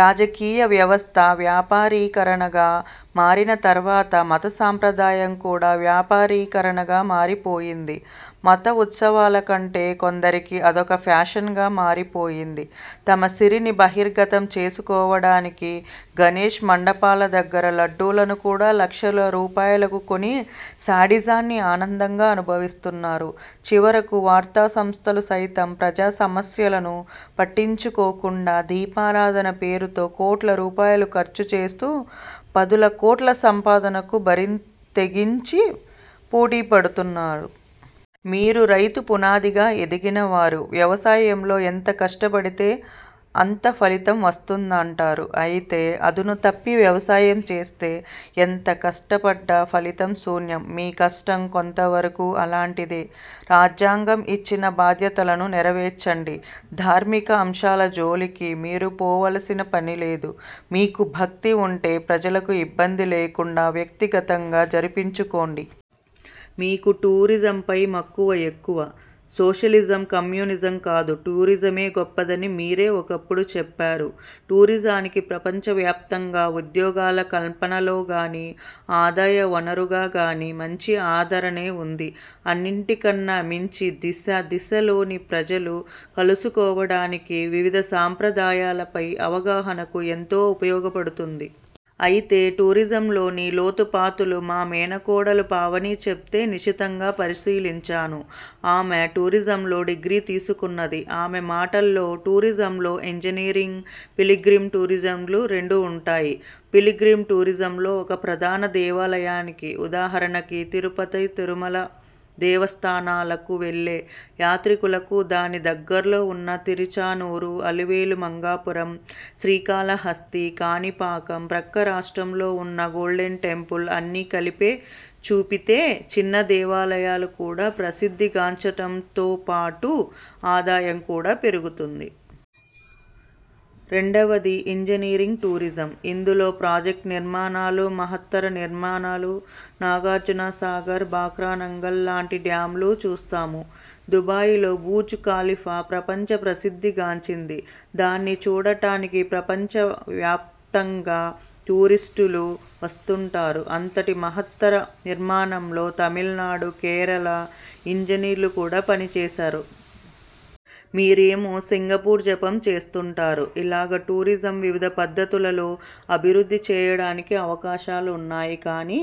రాజకీయ వ్యవస్థ వ్యాపారీకరణగా మారిన తర్వాత మత సాంప్రదాయం కూడా వ్యాపారీకరణగా మారిపోయింది. మత ఉత్సవాలంటే కొందరికి అదొక ప్యాషన్గా మారిపోయింది. తమ సిరిని బహిర్గతం చేసుకోవడానికి గణేష్ మండపాల దగ్గర లడ్డూలను కూడా లక్షల రూపాయలకు కొని శాడిజాన్ని ఆనందంగా అనుభవిస్తున్నారు. చివరకు వార్తా సంస్థలు సైతం ప్రజాసమస్యలను పట్టించుకోకుండా దీపారాధాన పేరుతో కోట్ల రూపాయలు ఖర్చుచేస్తూ పదుల కోట్ల సంపాదనకు బరితెగించి పోటీపడుతున్నారు. మీరు రైతు పునాదిగా ఎదిగినవారు. వ్యవసాయంలో ఎంత కష్టపడితే అంత ఫలితం వస్తుందంటారు. అయితే అదునుతప్పి వ్యవసాయం చేస్తే ఎంత కష్టపడ్డా ఫలితం శూన్యం. మీ కష్టం కొంతవరకు అలాంటిదే. రాజ్యాంగం ఇచ్చిన బాధ్యతలను నెరవేర్చండి. ధార్మిక అంశాల జోలికి మీరు పోవలసిన పనిలేదు. మీకు భక్తి ఉంటే ప్రజలకు ఇబ్బంది లేకుండా వ్యక్తిగతంగా జరిపించుకోండి. మీకు టూరిజంపై మక్కువ ఎక్కువ. సోషలిజం కమ్యూనిజం కాదు టూరిజమే గొప్పదని మీరే ఒకప్పుడు చెప్పారు. టూరిజానికి ప్రపంచవ్యాప్తంగా ఉద్యోగాల కల్పనలో గానీ, ఆదాయవనరుగా గానీ మంచి ఆదరణే ఉంది. అన్నింటికన్నా మించి దిశ దిశలోని ప్రజలు కలుసుకోవడానికి వివిధ సాంప్రదాయాలపై అవగాహనకు ఎంతో ఉపయోగపడుతుంది. అయితే టూరిజంలోని లోతుపాతులు మా మేనకోడలు పావని చెబితే నిశితంగా పరిశీలించాను. ఆమె టూరిజంలో డిగ్రీ తీసుకున్నది. ఆమె మాటల్లో ''టూరిజంలో ఇంజనీరింగ్, పిలిగ్రిమ్ టూరిజమ్లు రెండు ఉంటాయి. పిలిగ్రిమ్ టూరిజంలో ఒక ప్రధాన దేవాలయానికి–ఉదాహరణకు తిరుపతి- తిరుమల దేవస్థానాలకు–వెళ్ళే యాత్రికులకు దాని దగ్గర్లో ఉన్న తిరుచానూరు, అలివేలుమంగాపురం, శ్రీకాళహస్తి, కాణిపాకం, ప్రక్క రాష్ట్రంలో ఉన్న గోల్డెన్టెంపుల్ అన్ని కలిపి చూపితే చిన్న దేవాలయాలు కూడా ప్రసిద్ధిగాంచడంతోపాటు ఆదాయం కూడా పెరుగుతుంది. రెండవది ఇంజనీరింగ్ టూరిజం. ఇందులో ప్రాజెక్టు నిర్మాణాలు, మహత్తర నిర్మాణాలు, నాగార్జున సాగర్, బాక్రానంగల్ లాంటి డ్యామ్లు చూస్తాము. దుబాయిలో 'బుర్జు ఖలీఫా' ప్రపంచ ప్రసిద్ధిగాంచింది. దాన్ని చూడటానికి ప్రపంచ వ్యాపితంగా టూరిస్టులు వస్తుంటారు. అంతటి మహత్తర నిర్మాణంలో తమిళనాడు, కేరళ ఇంజనీర్లు కూడా పనిచేశారు. మీరేమో సింగపూర్ జపం చేస్తుంటారు. ఇలాగా టూరిజం వివిధ పద్ధతులలో అభివృద్ధి చేయడానికి అవకాశాలున్నాయి. కానీ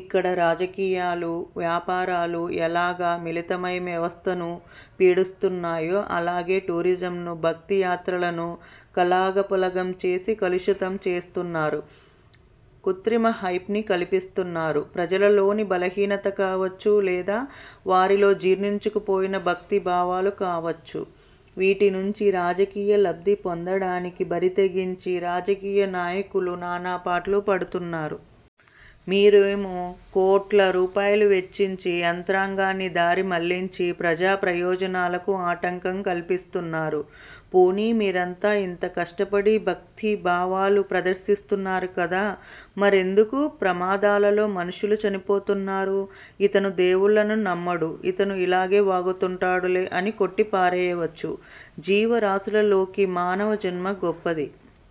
ఇక్కడ రాజకీయాలు- వ్యాపారాలు ఎలాగా మిళితమై వ్యవస్థను పీడిస్తున్నాయో, అలాగే టూరిజంను, భక్తి యాత్రలను కలాగాపులగం చేసి కలుషితం చేస్తున్నారు. కృత్రిమ హైప్ని కల్పిస్తున్నారు. ప్రజలలోని బహీనత కావచ్చు లేదా వారిలో జీర్ణించుకుపోయిన భక్తి భావాలు కావచ్చు, వీటి నుంచి రాజకీయ లబ్ధిపొందడానికి బరితెగించి రాజకీయ నాయకులు నానాపాట్లు పడుతున్నారు. మీరేమో కోట్ల రూపాయలు వెచ్చించి, యంత్రాంగాన్ని దారి మళ్ళించి ప్రజా ప్రయోజనాలకు ఆటంకం కల్పిస్తున్నారు. పోనీ మీరంతా ఇంత కష్టపడి భక్తి భావాలు ప్రదర్శిస్తున్నారు కదా! మరెందుకు ప్రమాదాలలో మనుషులు చనిపోతున్నారు. ''ఇతను దేవుళ్ళను నమ్మడు ఇతను ఇలాగే వాగుతుంటాడులే'' అని కొట్టి పారేయవచ్చు. జీవరాశులలోకి మానవ జన్మ గొప్పది.